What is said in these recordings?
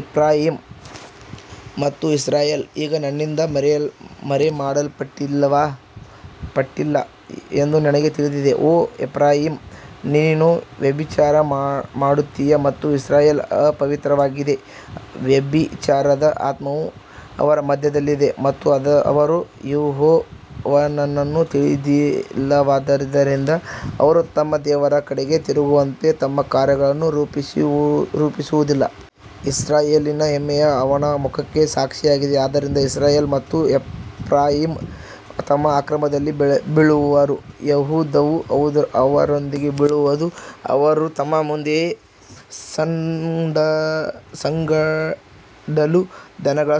Ephraim ಮತ್ತು Israel ಈಗ ನನ್ನಿಂದ ಮರೆಮಾಡಲ್ಪಟ್ಟಿಲ್ಲ ಎಂದು ನನಗೆ ತಿಳಿದಿದೆ. ಓ ಎಫ್ರಾಯೀಮ್, ನೀನು ವ್ಯಭಿಚಾರ ಮಾಡುತ್ತೀಯ ಮತ್ತು ಇಸ್ರಾಯೇಲ್ ಅಪವಿತ್ರವಾಗಿದೆ. ವ್ಯಭಿಚಾರದ ಆತ್ಮವು ಅವರ ಮಧ್ಯದಲ್ಲಿದೆ ಮತ್ತು ಅವರು ಯೆಹೋವನನ್ನು ತಿಳಿದಿಲ್ಲವಾದ್ದರಿಂದ ಅವರು ತಮ್ಮ ದೇವರ ಕಡೆಗೆ ತಿರುಗುವಂತೆ ತಮ್ಮ ಕಾರ್ಯಗಳನ್ನು ರೂಪಿಸುವುದಿಲ್ಲ. ಇಸ್ರಾಯೇಲಿನ ಹೆಮ್ಮೆಯು ಅವನ ಮುಖಕ್ಕೆ ಸಾಕ್ಷಿಯಾಗಿದೆ, ಆದ್ದರಿಂದ ಇಸ್ರಾಯೇಲ್ ಮತ್ತು ಎಫ್ರಾಯೀಮ್ ತಮ್ಮ ಅಕ್ರಮದಲ್ಲಿ ಬೀಳುವರು, ಯೆಹೂದವೂ ಅವರೊಂದಿಗೆ ಬೀಳುವುದು. ಅವರು ತಮ್ಮ ಮಂದೆಗಳ ಸಂಗಡಲೂ ದನಗಳ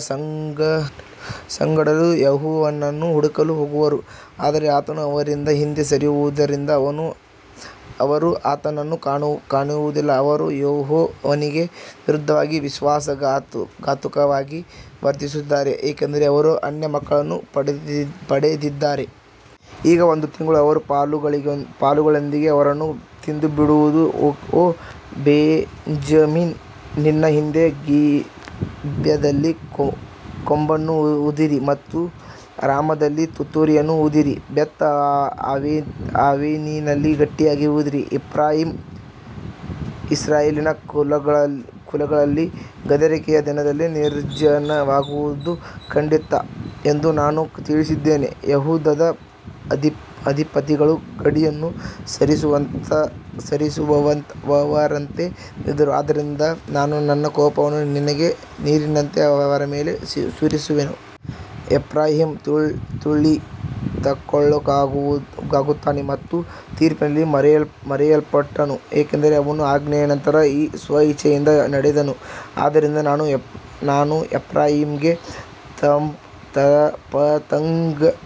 ಸಂಗಡಲೂ ಯೆಹೋವನನ್ನು ಹುಡುಕಲು ಹೋಗುವರು, ಆದರೆ ಆತನು ಅವರಿಂದ ಹಿಂದೆ ಸರಿದಿರುವುದರಿಂದ ಅವರು ಆತನನ್ನು ಕಾಣುವುದಿಲ್ಲ. ಅವರು ಯೆಹೋವನಿಗೆ ವಿರುದ್ಧವಾಗಿ ವಿಶ್ವಾಸಘಾತುಕವಾಗಿ ವರ್ತಿಸಿದ್ದಾರೆ, ಏಕೆಂದರೆ ಅವರು ಅನ್ಯ ಮಕ್ಕಳನ್ನು ಪಡೆದಿದ್ದಾರೆ. ಈಗ ಒಂದು ತಿಂಗಳು ಅವರ ಪಾಲುಗಳೊಂದಿಗೆ ಅವರನ್ನು ತಿಂದುಬಿಡುವುದು. ಓ ಬೆಂಜಮಿನ್, ನಿನ್ನ ಹಿಂದೆ ಗಿಬ್ಯದಲ್ಲಿ ಕೊಂಬನ್ನು ಊದಿರಿ ಮತ್ತು ರಾಮದಲ್ಲಿ ತುತ್ತೂರಿಯನ್ನು ಊದಿರಿ. ಬೇತ್ ಆವೆನಿನಲ್ಲಿ ಗಟ್ಟಿಯಾಗಿ ಊದಿರಿ. ಎಫ್ರಾಯೀಮ್ ಇಸ್ರಾಯೇಲಿನ ಕುಲಗಳಲ್ಲಿ ಗದರಿಕೆಯ ದಿನದಲ್ಲಿ ನಿರ್ಜನವಾಗುವುದು ಖಂಡಿತ ಎಂದು ನಾನು ತಿಳಿಸಿದ್ದೇನೆ. ಯೆಹೂದದ ಅಧಿಪತಿಗಳು ಗಡಿಯನ್ನು ಸರಿಸುವವರಂತೆ ಇದ್ದರು, ಆದ್ದರಿಂದ ನಾನು ನನ್ನ ಕೋಪವನ್ನು ನೀರಿನಂತೆ ಅವರ ಮೇಲೆ ಸುರಿಸುವೆನು. ಎಫ್ರಾಯೀಮ್ ತುಳಿತಕ್ಕೊಳಗಾಗುತ್ತಾನೆ ಮತ್ತು ತೀರ್ಪಿನಲ್ಲಿ ಮುರಿಯಲ್ಪಟ್ಟನು, ಏಕೆಂದರೆ ಅವನು ಆಜ್ಞೆಯ ನಂತರ ಸ್ವಇಚ್ಛೆಯಿಂದ ನಡೆದನು. ಆದ್ದರಿಂದ ನಾನು ಎಫ್ರಾಯೀಮಿಗೆ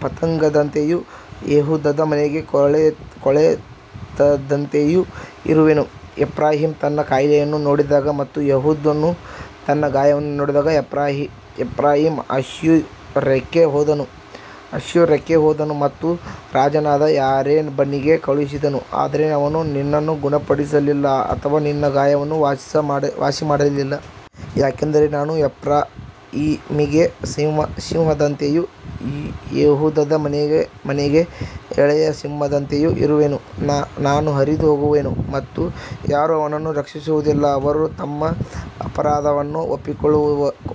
ಪತಂಗದಂತೆಯೂ ಯೆಹೂದದ ಮನೆಗೆ ಕೊಳೆತದಂತೆಯೂ ಇರುವೆನು. ಎಫ್ರಾಯೀಮ್ ತನ್ನ ಕಾಯಿಲೆಯನ್ನು ನೋಡಿದಾಗ ಮತ್ತು ಯೆಹೂದನು ತನ್ನ ಗಾಯವನ್ನು ನೋಡಿದಾಗ, ಎಫ್ರಾಯೀಮ್ ಅಶ್ಶೂರಕ್ಕೆ ಹೋದನು ಮತ್ತು ರಾಜನಾದ ಯಾರೆಬನಿಗೆ ಕಳುಹಿಸಿದನು, ಆದರೆ ಅವನು ನಿನ್ನನ್ನು ಗುಣಪಡಿಸಲಿಲ್ಲ ಅಥವಾ ನಿನ್ನ ಗಾಯವನ್ನು ವಾಸಿಮಾಡಲಿಲ್ಲ. ಯಾಕಂದರೆ ನಾನು ಎಫ್ರಾಯೀಮಿಗೆ ಸಿಂಹದಂತೆಯೂ ಯೆಹೂದದ ಮನೆಗೆ ಎಳೆಯ ಸಿಂಹದಂತೆಯೂ ಇರುವೆನು. ನಾನು ಹರಿದು ಹೋಗುವೆನು ಮತ್ತು ಯಾರೂ ಅವನನ್ನು ರಕ್ಷಿಸುವುದಿಲ್ಲ. ಅವರು ತಮ್ಮ ಅಪರಾಧವನ್ನು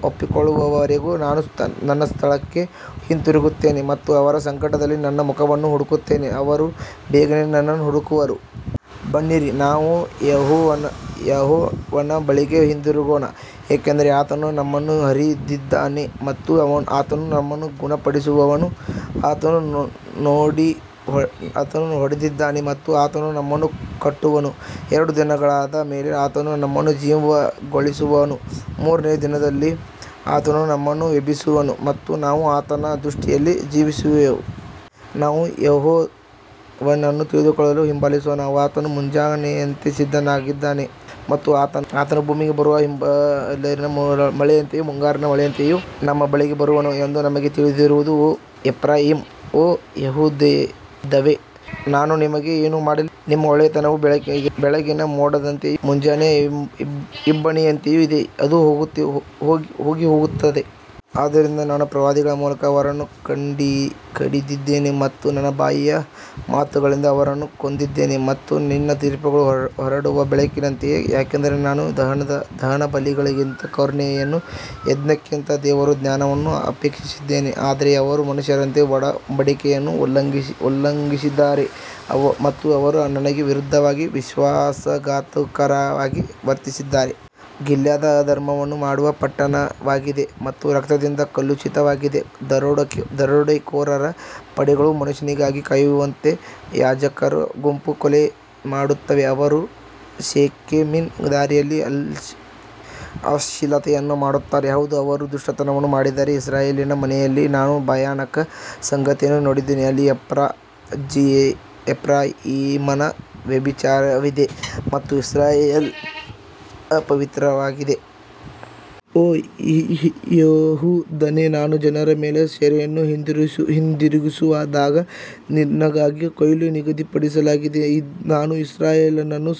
ಒಪ್ಪಿಕೊಳ್ಳುವವರೆಗೂ ನಾನು ನನ್ನ ಸ್ಥಳಕ್ಕೆ ಹಿಂತಿರುಗುತ್ತೇನೆ ಮತ್ತು ಅವರ ಸಂಕಟದಲ್ಲಿ ನನ್ನ ಮುಖವನ್ನು ಹುಡುಕುತ್ತೇನೆ. ಅವರು ಬೇಗನೆ ನನ್ನನ್ನು ಹುಡುಕುವರು. ಬನ್ನಿರಿ, ನಾವು ಯೆಹೋವನ ಬಳಿಗೆ ಹಿಂದಿರುಗೋಣ, ಏಕೆಂದರೆ ಆತನು ನಮ್ಮನ್ನು ಹರಿದಿದ್ದಾನೆ ಮತ್ತು ಆತನು ನಮ್ಮನ್ನು ಗುಣಪಡಿಸುವನು. ಆತನು ಹೊಡೆದಿದ್ದಾನೆ ಮತ್ತು ಆತನು ನಮ್ಮನ್ನು ಕಟ್ಟುವನು. ಎರಡು ದಿನಗಳಾದ ಮೇಲೆ ಆತನು ನಮ್ಮನ್ನು ಜೀವಗೊಳಿಸುವನು. ಮೂರನೆಯ ದಿನದಲ್ಲಿ ಆತನು ನಮ್ಮನ್ನು ಎಬ್ಬಿಸುವನು ಮತ್ತು ನಾವು ಆತನ ದೃಷ್ಟಿಯಲ್ಲಿ ಜೀವಿಸುವೆವು. ನಾವು ಯೆಹೋವನನ್ನು ತಿಳಿದುಕೊಳ್ಳಲು ಹಿಂಬಾಲಿಸೋಣ. ಆತನು ಮುಂಜಾನೆಯಂತೆ ಸಿದ್ಧನಾಗಿದ್ದಾನೆ ಮತ್ತು ಆತನು ಭೂಮಿಗೆ ಬರುವ ಹಿಂಬರಲಿನ ಮಳೆಯಂತೆಯೂ ಮುಂಗಾರಿನ ಮಳೆಯಂತೆಯೂ ನಮ್ಮ ಬಳಿಗೆ ಬರುವನು ಎಂದು ನಮಗೆ ತಿಳಿಯುವುದು. ಓ ಎಫ್ರಾಯೀಮ್, ಓ ಯೆಹೂದವೇ, ನಾನು ನಿಮಗೆ ಏನು ಮಾಡಲಿ. ನಿಮ್ಮ ಒಳ್ಳೆಯತನವು ಬೆಳಗಿನ ಮೋಡದಂತೆಯೂ ಮುಂಜಾನೆಯ ಇಬ್ಬನಿಯಂತೆಯೂ ಇದೆ, ಅದು ಹೋಗಿಹೋಗುತ್ತದೆ. ಆದ್ದರಿಂದ ನಾನು ಪ್ರವಾದಿಗಳ ಮೂಲಕ ಅವರನ್ನು ಕಡಿದಿದ್ದೇನೆ ಮತ್ತು ನನ್ನ ಬಾಯಿಯ ಮಾತುಗಳಿಂದ ಅವರನ್ನು ಕೊಂದಿದ್ದೇನೆ ಮತ್ತು ನಿನ್ನ ತೀರ್ಪುಗಳು ಹೊರಡುವ ಬೆಳಕಿನಂತಿವೆ. ಯಾಕಂದರೆ ನಾನು ದಹನಬಲಿಗಳಿಗಿಂತ ಕರುಣೆಯನ್ನೂ ಯಜ್ಞಕ್ಕಿಂತ ದೇವರ ಜ್ಞಾನವನ್ನೂ ಅಪೇಕ್ಷಿಸಿದ್ದೇನೆ. ಆದರೆ ಅವರು ಮನುಷ್ಯರಂತೆ ಒಡಂಬಡಿಕೆಯನ್ನು ಉಲ್ಲಂಘಿಸಿದ್ದಾರೆ ಮತ್ತು ಅವರು ನನಗೆ ವಿರುದ್ಧವಾಗಿ ವಿಶ್ವಾಸಘಾತುಕವಾಗಿ ವರ್ತಿಸಿದ್ದಾರೆ. ಗಿಲ್ಯಾದ್ ಅಧರ್ಮವನ್ನು ಮಾಡುವ ಪಟ್ಟಣವಾಗಿದೆ ಮತ್ತು ರಕ್ತದಿಂದ ಕಲುಷಿತವಾಗಿದೆ. ದರೋಡೆಕೋರರ ಪಡೆಗಳು ಮನುಷ್ಯನಿಗಾಗಿ ಕಾಯುತ್ತಿರುವಂತೆ, ಯಾಜಕರ ಗುಂಪು ಕೊಲೆಮಾಡುತ್ತದೆ. ಅವರು ಶೆಕೆಮಿನ ದಾರಿಯಲ್ಲಿ ಅಶ್ಲೀಲತೆಯನ್ನು ಮಾಡುತ್ತಾರೆ, ಹೌದು, ಅವರು ದುಷ್ಟತನವನ್ನು ಮಾಡಿದ್ದಾರೆ. ಇಸ್ರಾಯೇಲಿನ ಮನೆಯಲ್ಲಿ ನಾನು ಭಯಾನಕ ಸಂಗತಿಯನ್ನು ನೋಡಿದ್ದೇನೆ. ಅಲ್ಲಿ ಎಫ್ರಾಯೀಮನ ವ್ಯಭಿಚಾರವಿದೆ ಮತ್ತು ಇಸ್ರಾಯೇಲ್ ಅಪವಿತ್ರವಾಗಿದೆ. ಓ ಯೆಹೂದನೇ, ನಾನು ನನ್ನ ಜನರ ಸೆರೆಯನ್ನು ಹಿಂದಿರುಗಿಸಿದಾಗ ನಿನಗಾಗಿ ಕೊಯ್ಲು ನಿಗದಿಪಡಿಸಲಾಗಿದೆ. ನಾನು ಇಸ್ರಾಯೇಲನ್ನು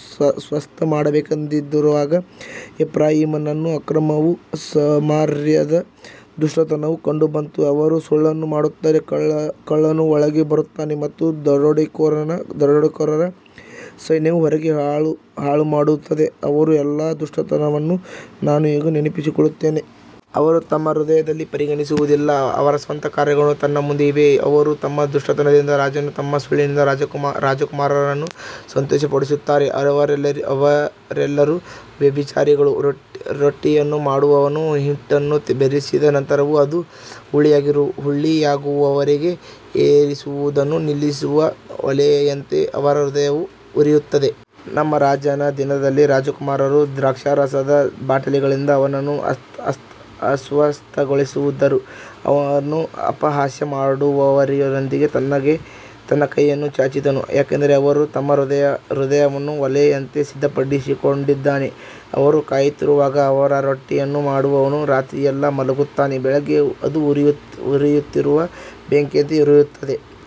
ಸ್ವಸ್ಥಮಾಡಬೇಕೆಂದಿರುವಾಗ ಎಫ್ರಾಯೀಮನ ಅಕ್ರಮವೂ ಸಮಾರ್ಯದ ದುಷ್ಟತನವೂ ಕಂಡುಬಂತು. ಅವರು ಸುಳ್ಳನ್ನು ಮಾಡುತ್ತಾರೆ, ಕಳ್ಳನು ಒಳಗೆ ಬರುತ್ತಾನೆ ಮತ್ತು ದರೋಡೆಕೋರರ ಸೈನ್ಯವು ಹೊರಗೆ ಹಾಳುಮಾಡುತ್ತದೆ. ಅವರ ಎಲ್ಲಾ ದುಷ್ಟತನವನ್ನು ನಾನು ಈಗ ನೆನಪಿಸಿಕೊಳ್ಳುತ್ತೇನೆ. ಅವರು ತಮ್ಮ ಹೃದಯದಲ್ಲಿ ಪರಿಗಣಿಸುವುದಿಲ್ಲ, ಅವರ ಸ್ವಂತ ಕಾರ್ಯಗಳು ನನ್ನ ಮುಂದೆ ಇವೆ. ಅವರು ತಮ್ಮ ದುಷ್ಟತನದಿಂದ ರಾಜನನ್ನೂ ತಮ್ಮ ಸುಳ್ಳಿನಿಂದ ರಾಜಕುಮಾರರನ್ನೂ ಸಂತೋಷಪಡಿಸುತ್ತಾರೆ. ಅವರೆಲ್ಲರೂ ವ್ಯಭಿಚಾರಿಗಳು. ರೊಟ್ಟಿಯನ್ನು ಮಾಡುವವನು ಹಿಟ್ಟನ್ನು ಬೆರೆಸಿದ ನಂತರ ಅದು ಹುಳಿಯಾಗುವವರೆಗೆ ಏರಿಸುವುದನ್ನು ನಿಲ್ಲಿಸುವ ಒಲೆಯಂತೆ ಅವರ ಹೃದಯವು ಉರಿಯುತ್ತದೆ. ನಮ್ಮ ರಾಜನ ದಿನದಲ್ಲಿ ರಾಜಕುಮಾರರು ದ್ರಾಕ್ಷಾರಸದ ಬಾಟಲಿಗಳಿಂದ ಅವನನ್ನು ಅಸ್ವಸ್ಥಗೊಳಿಸಿದರು. ಅವನು ಅಪಹಾಸ್ಯ ಮಾಡುವವರೊಂದಿಗೆ ತನ್ನ ಕೈಯನ್ನು ಚಾಚಿದನು. ಯಾಕಂದರೆ ಅವರು ತಮ್ಮ ಹೃದಯವನ್ನು ಒಲೆಯಂತೆ ಸಿದ್ಧಪಡಿಸಿಕೊಂಡಿದ್ದಾರೆ. ಅವರು ಕಾಯುತ್ತಿರುವಾಗ ಅವರ ರೊಟ್ಟಿಯನ್ನು ಮಾಡುವವನು ರಾತ್ರಿಯೆಲ್ಲಾ ಮಲಗುತ್ತಾನೆ. ಬೆಳಿಗ್ಗೆ ಅದು ಉರಿಯುತ್ತಿರುವ ಬೆಂಕಿಯಂತೆ ಉರಿಯುತ್ತದೆ.